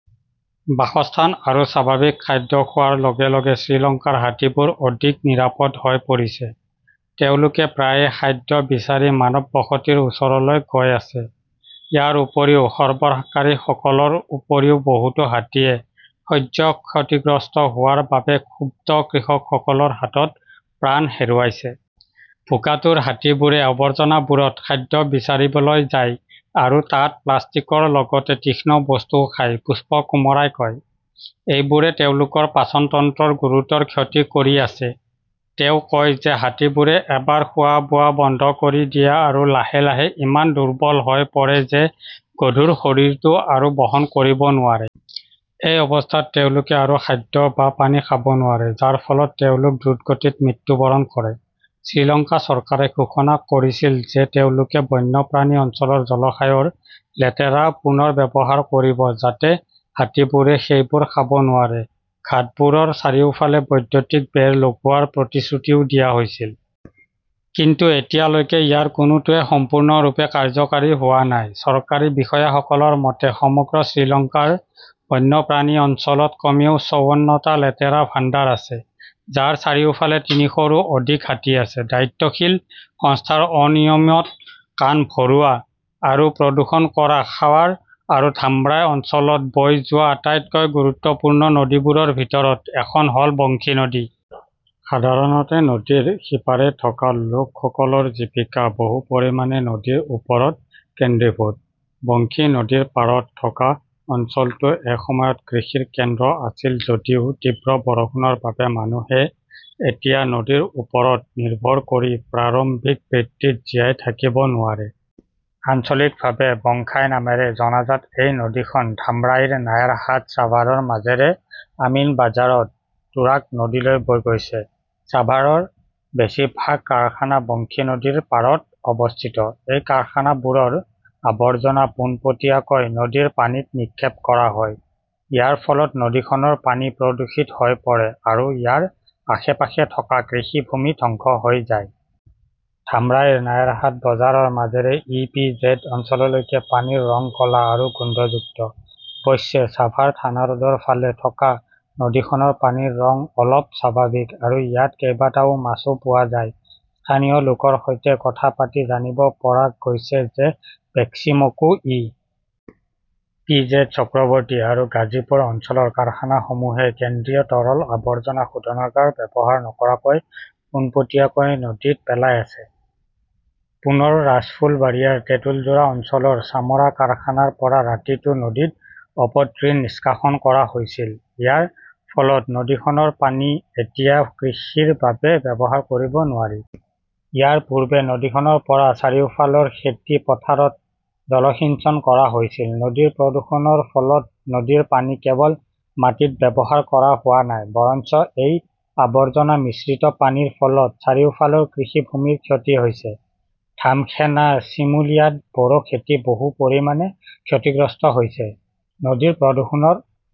বাসস্থান আৰু স্বাভাৱিক খাদ্য খোৱাৰ লগে লগে শ্ৰীলংকাৰ হাতীবোৰ অধিক নিৰাপদ হৈ পৰিছে। তেওঁলোকে প্ৰায়ে খাদ্য বিচাৰি মানৱ বসতিৰ ওচৰলৈ গৈ আছে। ইয়াৰ উপৰিও সৰবৰাহকাৰীসকলৰ উপৰিও বহুতো হাতীয়ে শস্য ক্ষতিগ্ৰস্ত হোৱাৰ বাবে ক্ষুব্ধ কৃষকসকলৰ হাতত প্ৰাণ হেৰুৱাইছে। ভোকাতুৰ হাতীবোৰে আৱৰ্জনাবোৰত খাদ্য বিচাৰিবলৈ যায় আৰু তাত প্লাষ্টিকৰ লগতে তীক্ষ্ণ বস্তুও খায়, পুষ্পকুমাৰাই কয়। এইবোৰে তেওঁলোকৰ পাচন তন্ত্ৰৰ গুৰুতৰ ক্ষতি কৰি আছে। তেওঁ কয় যে হাতীবোৰে এবাৰ খোৱা-বোৱা বন্ধ কৰি দিয়ে আৰু লাহে লাহে ইমান দুৰ্বল হৈ পৰে যে গধুৰ শৰীৰটো আৰু বহন কৰিব নোৱাৰে। এই অৱস্থাত তেওঁলোকে আৰু খাদ্য বা পানী খাব নোৱাৰে, যাৰ ফলত তেওঁলোক দ্ৰুতগতিত মৃত্যুবৰণ কৰে। শ্ৰীলংকা চৰকাৰে ঘোষণা কৰিছিল যে তেওঁলোকে বন্যপ্ৰাণী অঞ্চলৰ জলাশয়ৰ লেতেৰা পুনৰ্ব্যৱহাৰ কৰিব যাতে হাতীবোৰে সেইবোৰ খাব নোৱাৰে। ঘাটবোৰৰ চাৰিওফালে বৈদ্যুতিক বেৰ লগোৱাৰ প্ৰতিশ্ৰুতিও দিয়া হৈছিল। কিন্তু এতিয়ালৈকে ইয়াৰ কোনোটোৱেই সম্পূৰ্ণৰূপে কাৰ্যকৰী হোৱা নাই। চৰকাৰী বিষয়াসকলৰ মতে, সমগ্ৰ শ্ৰীলংকাৰ বন্যপ্ৰাণী অঞ্চলত কমেও চৌৱন্নটা লেতেৰা ভাণ্ডাৰ আছে, যাৰ চাৰিওফালে তিনিশৰো অধিক হাতী আছে। দায়িত্বশীল সংস্থাৰ অনিয়মত কাণ ভৰোৱা আৰু প্ৰদূষণ কৰা সাৱাৰ আৰু ধামৰাই অঞ্চলত বৈ যোৱা আটাইতকৈ গুৰুত্বপূৰ্ণ নদীবোৰৰ ভিতৰত এখন হ'ল বংশী নদী। সাধাৰণতে নদীৰ সিপাৰে থকা লোকসকলৰ জীৱিকা বহু পৰিমাণে নদীৰ ওপৰত কেন্দ্ৰীভূত। বংশী নদীৰ পাৰত থকা অঞ্চলটো এসময়ত কৃষিৰ কেন্দ্ৰ আছিল যদিও তীব্ৰ প্ৰদূষণৰ বাবে মানুহে এতিয়া নদীৰ ওপৰত নিৰ্ভৰ কৰি প্ৰাৰম্ভিক বৃত্তিত জীয়াই থাকিব নোৱাৰে। আঞ্চলিকভাৱে "বংশাই" নামেৰে জনাজাত এই নদীখন ধামৰাইৰ নায়াৰহাট-ছাভাৰৰ মাজেৰে আমিনবাঝাৰত তুৰাগ নদীলৈ বৈ গৈছে। ছাভাৰৰ বেছিভাগ কাৰখানা বংশী নদীৰ পাৰত অৱস্থিত। এই কাৰখানাবোৰৰ আৱৰ্জনা পোনপটীয়াকৈ নদীৰ পানীত নিক্ষেপ কৰা হয়। ইয়াৰ ফলত নদীখনৰ পানী প্ৰদূষিত হৈ পৰে আৰু ইয়াৰ আশে-পাশে থকা কৃষিভূমি ধ্বংস হৈ যায়। ধামৰাইৰ নায়াৰহাট বজাৰৰ মাজেৰে ই. পি. জেড. অঞ্চললৈকে পানীৰ ৰং ক'লা আৰু গোন্ধযুক্ত। অৱশ্যে, ছাভাৰ থানাৰোডৰ ফালে থকা নদীখনৰ পানীৰ ৰং অলপ স্বাভাৱিক আৰু ইয়াত কেইবাটাও মাছও পোৱা যায়। স্থানীয় লোকৰ সৈতে কথা পাতি জানিব পৰা গৈছে যে Beximco, E. P. Z., Chakraborty আৰু গাজিপুৰ অঞ্চলৰ কাৰখানাসমূহে কেন্দ্ৰীয় তৰল আৱৰ্জনা শোধনাগাৰ ব্যৱহাৰ নকৰাকৈ পোনপটীয়াকৈ নদীত পেলাই আছে। পুনৰ ৰাজফুলবাৰিয়াৰ তেঁতুলজোৰা অঞ্চলৰ চামৰা কাৰখানাৰ পৰা ৰাতিটো নদীত অপতৃণ নিষ্কাশন কৰা হৈছিল। ইয়াৰ ফলত নদীখনৰ পানী এতিয়া কৃষিৰ বাবে ব্যৱহাৰ কৰিব নোৱাৰি। ইয়াৰ পূৰ্বে নদীখনৰ পৰা চাৰিওফালৰ খেতি পথাৰত জলসিঞ্চন কৰা হৈছিল। নদীৰ প্ৰদূষণৰ ফলত নদীৰ পানী কেৱল মাটিত ব্যৱহাৰ কৰা হোৱা নাই, বৰঞ্চ এই আৱৰ্জনা মিশ্ৰিত পানীৰ ফলত চাৰিওফালৰ কৃষিভূমিৰ ক্ষতি হৈছে। ধামসোনা, চিমুলিয়াত বৰো খেতি বহু পৰিমাণে ক্ষতিগ্ৰস্ত হৈছে। নদীৰ প্ৰদূষণৰ